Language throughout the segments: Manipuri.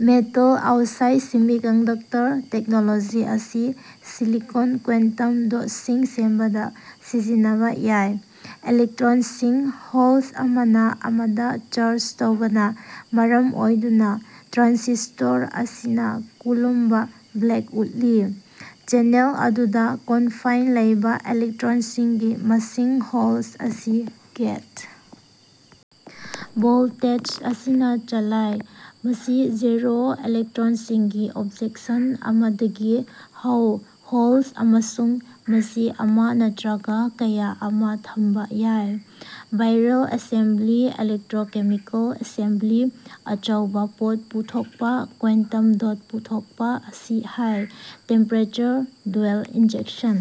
ꯃꯦꯇꯜ ꯑꯣꯁꯥꯏꯗ ꯁꯦꯃꯤꯀꯟꯗꯛꯇꯔ ꯇꯦꯛꯅꯣꯂꯣꯖꯤ ꯑꯁꯤ ꯁꯤꯂꯤꯀꯣꯟ ꯀ꯭ꯋꯥꯟꯇꯝ ꯗꯣꯠꯁꯤꯡ ꯁꯦꯝꯕꯗ ꯁꯤꯖꯤꯟꯅꯕ ꯌꯥꯏ꯫ ꯏꯂꯦꯛꯇ꯭ꯔꯣꯟꯁꯤꯡ (ꯍꯣꯜꯁ) ꯑꯃꯅ ꯑꯃꯗ ꯆꯥꯔꯖ ꯇꯧꯕꯅ ꯃꯔꯝ ꯑꯣꯏꯗꯨꯅ ꯇ꯭ꯔꯥꯟꯖꯤꯁ꯭ꯇꯣꯔ ꯑꯁꯤꯅ ꯀꯨꯂꯣꯝꯕ ꯕ꯭ꯂꯦꯀꯦ ꯎꯠꯂꯤ꯫ ꯆꯦꯅꯦꯜ ꯑꯗꯨꯗ ꯀꯣꯟꯐꯥꯏꯟꯗ ꯂꯩꯕ ꯏꯂꯦꯛꯇ꯭ꯔꯣꯟꯁꯤꯡꯒꯤ ꯃꯁꯤꯡ (ꯍꯣꯜꯁ) ꯑꯁꯤ ꯒꯦꯠ ꯚꯣꯜꯇꯦꯖ ꯑꯁꯤꯅ ꯆꯂꯥꯏ, ꯃꯁꯤ ꯖꯤꯔꯣ ꯏꯂꯦꯛꯇ꯭ꯔꯣꯟꯁꯤꯡꯒꯤ ꯑꯣꯄ꯭ꯌꯨꯖꯦꯁꯟ ꯑꯃꯗꯒꯤ ꯍꯧꯏ (ꯍꯣꯜꯁ) ꯑꯃꯁꯨꯡ ꯃꯁꯤ ꯑꯃ ꯅꯠꯇ꯭ꯔꯒ ꯀꯌꯥ ꯑꯃꯗ ꯊꯝꯕ ꯌꯥꯏ꯫ ꯚꯥꯏꯔꯜ ꯑꯦꯁꯦꯝꯕ꯭ꯂꯤ ꯏꯂꯦꯛꯇ꯭ꯔꯣꯀꯦꯃꯤꯀꯦꯜ ꯑꯦꯁꯦꯝꯕ꯭ꯂꯤ ꯑꯆꯧꯕ ꯄꯣꯠ ꯄꯨꯊꯣꯛꯄ ꯀ꯭ꯋꯥꯟꯇꯝ ꯗꯣꯠ ꯄꯨꯊꯣꯛꯄ ꯑꯁꯤ ꯍꯥꯏ ꯇꯦꯝꯄꯔꯦꯆꯔ ꯗ꯭ꯌꯨꯋꯦꯜ ꯏꯟꯖꯦꯛꯁꯟ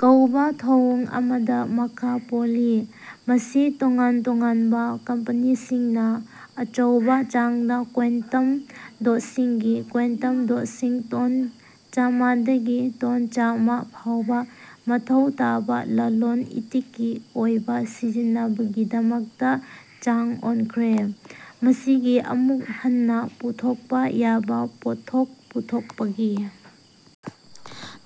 ꯀꯧꯕ ꯊꯧꯑꯣꯡ ꯑꯃꯗ ꯃꯈꯥ ꯄꯣꯜꯂꯤ, ꯃꯁꯤ ꯇꯣꯉꯥꯟ-ꯇꯣꯉꯥꯟꯕ ꯀꯝꯄꯅꯤꯁꯤꯡꯅ ꯑꯆꯧꯕ ꯆꯥꯡꯗ (ꯀ꯭ꯋꯥꯟꯇꯝ ꯗꯣꯠꯁꯤꯡꯒꯤ ꯀ꯭ꯋꯥꯟꯇꯝ ꯗꯣꯠꯁꯤꯡ ꯇꯣꯟ ꯆꯥꯃꯗꯒꯤ ꯇꯣꯟ ꯆꯥꯝꯃ ꯐꯥꯎꯕ) ꯃꯊꯧ ꯇꯥꯕ ꯂꯂꯣꯟ-ꯏꯇꯤꯛꯀꯤ ꯑꯣꯏꯕ ꯁꯤꯖꯤꯟꯅꯕꯒꯤꯗꯃꯛꯇ ꯆꯥꯡ ꯑꯣꯟꯈ꯭ꯔꯦ꯫ ꯃꯁꯤꯒꯤ ꯑꯃꯨꯛ ꯍꯟꯅ ꯄꯨꯊꯣꯛꯄ ꯌꯥꯕ ꯄꯣꯠꯊꯣꯛ ꯄꯨꯊꯣꯛꯄꯒꯤ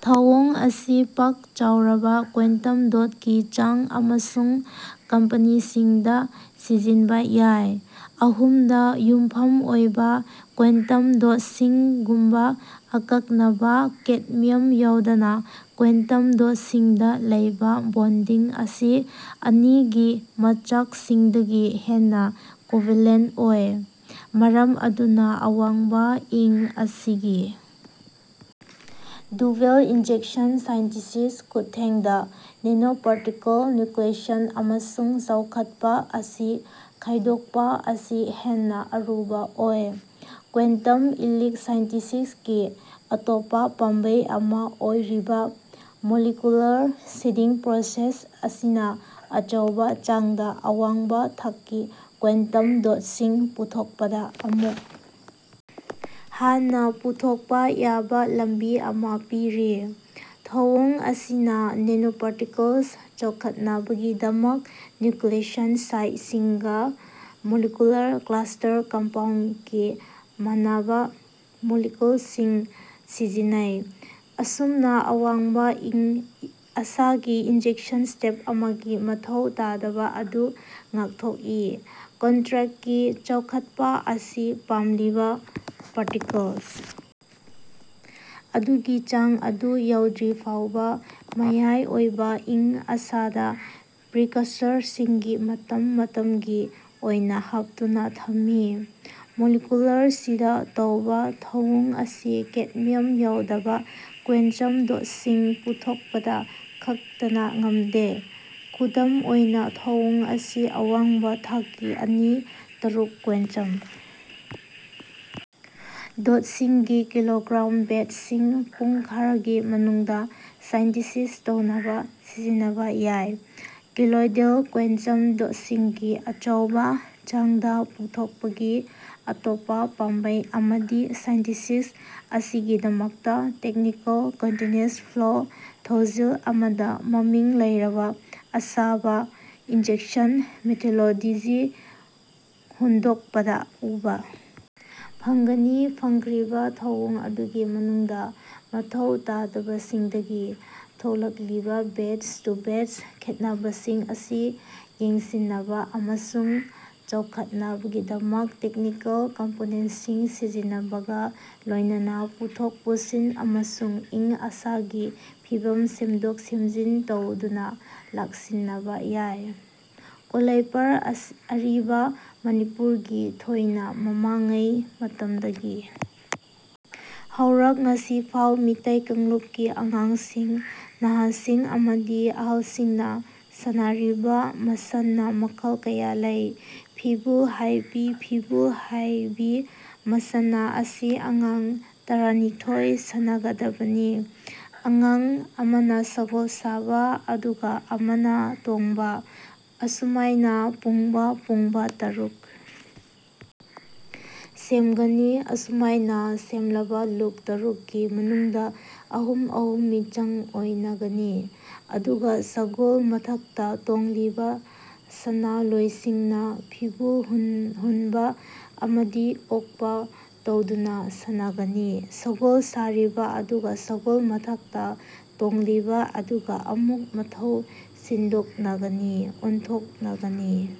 ꯊꯧꯑꯣꯡ ꯑꯁꯤ ꯄꯥꯛ-ꯆꯥꯎꯔꯕ ꯀ꯭ꯋꯥꯟꯇꯝ ꯗꯣꯠꯀꯤ ꯆꯥꯡ ꯑꯃꯁꯨꯡ ꯀꯝꯄꯅꯤꯁꯤꯡꯗ ꯁꯤꯖꯤꯟꯅꯕ ꯌꯥꯏ꯫ ꯑꯍꯨꯝ-ꯗ ꯌꯨꯝꯐꯝ ꯑꯣꯏꯕ ꯀ꯭ꯋꯥꯟꯇꯝ ꯗꯣꯠꯁꯤꯡꯒꯨꯝꯕ ꯑꯀꯛꯅꯕ ꯀꯦꯗꯃꯤꯌꯝ ꯌꯥꯎꯗꯕ ꯀ꯭ꯋꯥꯟꯇꯝ ꯗꯣꯠꯁꯤꯡꯗ ꯂꯩꯕ ꯕꯣꯟꯗꯤꯡ ꯑꯁꯤ ꯑꯅꯤ-ꯒꯤ ꯃꯆꯥꯛꯁꯤꯡꯗꯒꯤ ꯍꯦꯟꯅ ꯀꯣꯚꯂꯦꯟ ꯑꯣꯏ, ꯃꯔꯝ ꯑꯗꯨꯅ ꯑꯋꯥꯡꯕ ꯑꯏꯪ ꯑꯁꯥꯒꯤ ꯗ꯭ꯌꯨꯋꯦꯜ ꯏꯟꯖꯦꯛꯁꯟ ꯁꯤꯟꯊꯦꯁꯟꯒꯤ ꯈꯨꯠꯊꯥꯡꯗ ꯅꯦꯅꯣꯄꯥꯔꯇꯤꯀꯜ ꯅ꯭ꯌꯨꯀ꯭ꯂꯤꯌꯦꯁꯟ ꯑꯃꯁꯨꯡ ꯆꯥꯎꯈꯠꯄ ꯑꯁꯤ ꯈꯥꯏꯗꯣꯛꯄ ꯑꯁꯤ ꯍꯦꯟꯅ ꯑꯔꯨꯕ ꯑꯣꯏ꯫ ꯀ꯭ꯋꯥꯟꯇꯝ ꯏꯂꯤꯛ ꯁꯤꯟꯊꯤꯁꯤꯁꯀꯤ ꯑꯇꯣꯞꯄ ꯄꯥꯝꯕꯩ ꯑꯃ ꯑꯣꯏꯔꯤꯕ, ꯃꯣꯂꯤꯀ꯭ꯌꯨꯂꯔ ꯁꯤꯗꯤꯡ ꯄ꯭ꯔꯣꯁ ꯑꯁꯤꯅ ꯑꯆꯧꯕ ꯆꯥꯡꯗ ꯑꯋꯥꯡꯕ ꯊꯥꯛꯀꯤ ꯀ꯭ꯋꯥꯟꯇꯝ ꯗꯣꯠꯁꯤꯡ ꯄꯨꯊꯣꯛꯄꯗ ꯑꯃꯨꯛ ꯍꯟꯅ ꯄꯨꯊꯣꯛꯄ ꯌꯥꯕ ꯂꯝꯕꯤ ꯑꯃ ꯄꯤꯔꯤ꯫ ꯊꯧꯑꯣꯡ ꯑꯁꯤꯅ ꯅꯦꯅꯣꯄꯥꯔꯇꯤꯀꯜ ꯆꯥꯎꯈꯠꯅꯕꯒꯤꯗꯃꯛ ꯅ꯭ꯌꯨꯀ꯭ꯂꯤꯌꯦꯁꯟ ꯁꯥꯏꯠꯁꯤꯡꯒ ꯃꯣꯂꯤꯀ꯭ꯌꯨꯂꯔ ꯀ꯭ꯂꯁꯇꯔ ꯀꯝꯄꯥꯎꯟꯠꯀꯤ ꯃꯥꯟꯅꯕ ꯃꯣꯂꯤꯀꯜꯁꯤꯡ ꯁꯤꯖꯤꯟꯅꯩ, ꯑꯁꯨꯝꯅ ꯑꯋꯥꯡꯕ ꯑꯏꯪ-ꯑꯁꯥꯒꯤ ꯏꯟꯖꯦꯛꯁꯟ ꯁ꯭ꯇꯦꯞ ꯑꯃꯒꯤ ꯃꯊꯧ ꯇꯥꯗꯕ ꯑꯗꯨ ꯉꯥꯛꯊꯣꯛꯏ꯫ ꯀꯟꯇ꯭ꯔꯤꯛꯀꯤ ꯆꯥꯎꯈꯠꯄ ꯑꯁꯤ ꯄꯥꯝꯂꯤꯕ ꯄꯥꯔꯇꯤꯀꯜ ꯑꯗꯨꯒꯤ ꯆꯥꯡ ꯑꯗꯨ ꯌꯧꯗ꯭ꯔꯤꯐꯥꯎꯕ ꯃꯌꯥꯏ ꯑꯣꯏꯕ ꯑꯏꯪ-ꯑꯁꯥꯗ ꯄ꯭ꯔꯤꯀꯁꯔꯁꯤꯡꯒꯤ ꯃꯇꯝ-ꯃꯇꯝꯒꯤ ꯑꯣꯏꯅ ꯍꯥꯞꯇꯨꯅ ꯊꯝꯃꯤ꯫ ꯃꯣꯂꯤꯀ꯭ꯌꯨꯂꯔ ꯁꯤꯗ ꯇꯧꯕ ꯊꯧꯑꯣꯡ ꯑꯁꯤ ꯀꯦꯗꯃꯤꯌꯝ ꯌꯥꯎꯗꯕ ꯀ꯭ꯋꯥꯟꯇꯝ ꯗꯣꯠꯁꯤꯡ ꯄꯨꯊꯣꯛꯄꯗ ꯈꯛꯇꯗ ꯉꯝꯗꯦ, ꯈꯨꯗꯝ ꯑꯣꯏꯅ ꯊꯧꯑꯣꯡ ꯑꯁꯤ ꯑꯋꯥꯡꯕ ꯊꯥꯛꯀꯤ ꯑꯅꯤ- ꯇꯔꯨꯛ ꯀ꯭ꯋꯥꯟꯇꯝ ꯗꯣꯠꯁꯤꯡꯒꯤ ꯀꯤꯂꯣꯒ꯭ꯔꯥꯝ ꯕꯦꯆꯁꯤꯡ ꯄꯨꯡ ꯈꯔꯒꯤ ꯃꯅꯨꯡꯗ ꯁꯤꯟꯊꯦꯁꯥꯏꯖ ꯇꯧꯅꯕ ꯁꯤꯖꯤꯟꯅꯕ ꯌꯥꯏ꯫ ꯀꯣꯂꯣꯏꯗꯦꯜ ꯀ꯭ꯋꯥꯟꯇꯝ ꯗꯣꯠꯁꯤꯡꯒꯤ ꯑꯆꯧꯕ ꯆꯥꯡꯗ ꯄꯨꯊꯣꯛꯄꯒꯤ ꯑꯇꯣꯞꯄ ꯄꯥꯝꯕꯩ ꯑꯃꯗꯤ ꯁꯤꯟꯊꯤꯁꯤꯁ ꯑꯁꯤꯒꯤꯗꯃꯛꯇ ꯇꯦꯛꯅꯤꯀꯦꯜ ꯀꯟꯇ꯭ꯌꯨꯅ꯭ꯌꯨꯁ ꯐ꯭ꯂꯣ ꯊꯧꯁꯤꯜ ꯑꯃꯗ ꯃꯃꯤꯡ ꯂꯩꯔꯕ ꯑꯁꯥꯕ ꯏꯟꯖꯦꯛꯁꯟ ꯃꯦꯊꯣꯂꯣꯗꯤꯒꯤ ꯍꯣꯡꯗꯣꯛꯄꯗ ꯎꯕ ꯐꯪꯒꯅꯤ꯫ ꯄꯟꯈ꯭ꯔꯤꯕ ꯊꯧꯑꯣꯡ ꯑꯗꯨꯒꯤ ꯃꯅꯨꯡꯗ ꯃꯊꯧ ꯇꯥꯕꯁꯤꯡꯗꯒꯤ ꯊꯣꯛꯂꯛꯂꯤꯕ ꯕꯆ-ꯇꯨ-ꯕꯆ ꯈꯦꯠꯅꯕꯁꯤꯡ ꯑꯁꯤ ꯌꯥꯟꯁꯤꯟꯅꯕ ꯑꯃꯁꯨꯡ ꯆꯥꯎꯈꯠꯅꯕꯒꯤꯗꯃꯛ ꯇꯦꯛꯅꯤꯀꯦꯜ ꯀꯝꯄꯣꯅꯦꯟꯠꯁꯤꯡ ꯁꯤꯖꯤꯟꯅꯕꯒ ꯂꯣꯏꯅꯅ ꯄꯨꯊꯣꯛ-ꯄꯨꯁꯤꯟ ꯑꯃꯁꯨꯡ ꯑꯏꯪ-ꯑꯁꯥꯒꯤ ꯐꯤꯚꯝ ꯁꯦꯝꯗꯣꯛ-ꯁꯦꯝꯖꯤꯟ ꯇꯧꯗꯨꯅ ꯂꯥꯛꯁꯤꯟꯕ ꯌꯥꯏ꯫ ꯀꯪꯂꯩꯄꯥꯛ (ꯑꯔꯤꯕ ꯃꯅꯤꯄꯨꯔ) ꯒꯤ ꯊꯥꯢꯅ ꯃꯃꯥꯡꯉꯩ ꯃꯇꯝꯗꯒꯤ ꯍꯧꯔꯒ ꯉꯁꯤꯐꯥꯎ ꯃꯤꯇꯩ ꯀꯥꯡꯂꯨꯞꯀꯤ ꯑꯉꯥꯡꯁꯤꯡ, ꯅꯍꯥꯁꯤꯡ ꯑꯃꯗꯤ ꯑꯍꯜꯁꯤꯡꯅ ꯁꯥꯟꯅꯔꯤꯕ ꯃꯁꯥꯟꯅ ꯃꯈꯜ ꯀꯌꯥ ꯂꯩ꯫ ꯐꯤꯄꯨꯜ ꯍꯥꯄꯤ (ꯐꯤꯕꯨꯜ ꯍꯥꯕꯤ) ꯃꯁꯥꯟꯅ ꯑꯁꯤ ꯑꯉꯥꯡ ꯇꯔꯥꯅꯤꯊꯣꯏꯅ ꯁꯥꯟꯅꯒꯗꯕꯅꯤ꯫ ꯑꯉꯥꯡ ꯑꯃꯅ ꯁꯒꯣꯜ ꯁꯥꯕ ꯑꯗꯨꯒ ꯑꯃꯅ ꯇꯣꯡꯕ, ꯑꯁꯨꯃꯥꯢꯅ ꯄꯨꯡꯕꯥ ꯄꯨꯡꯕꯥ ꯇꯔꯨꯛ ꯁꯦꯝꯒꯅꯤ꯫ ꯑꯁꯨꯃꯥꯢꯅ ꯁꯦꯝꯂꯕ ꯂꯨꯞ ꯇꯔꯨꯛ ꯀꯤ ꯃꯅꯨꯡꯗ ꯑꯍꯨꯝ - ꯑꯍꯨꯝ ꯃꯤꯆꯪ ꯑꯣꯢꯅꯒꯅꯤ꯫ ꯑꯗꯨꯒ ꯁꯒꯣꯜ ꯃꯊꯛꯇ ꯇꯣꯡꯂꯤꯕ ꯁꯥꯅꯂꯣꯢꯁꯤꯡꯅ ꯐꯤꯄꯨꯜ (ꯐꯤꯕꯨꯜ) ꯍꯨꯟꯕ ꯑꯃꯗꯤ ꯑꯣꯛꯄ ꯇꯧꯗꯨꯅ ꯁꯥꯟꯅꯒꯅꯤ꯫ ꯁꯒꯣꯜ ꯁꯥꯔꯤꯕ ꯑꯗꯨꯒ ꯁꯒꯣꯜ ꯃꯊꯛꯇ ꯇꯣꯡꯂꯤꯕ ꯑꯗꯨꯒ ꯑꯃꯨꯛ ꯑꯃꯨꯛ ꯃꯊꯧ ꯁꯤꯟꯗꯣꯛꯅꯒꯅꯤ ꯑꯣꯟꯊꯣꯛꯅꯒꯅꯤ꯫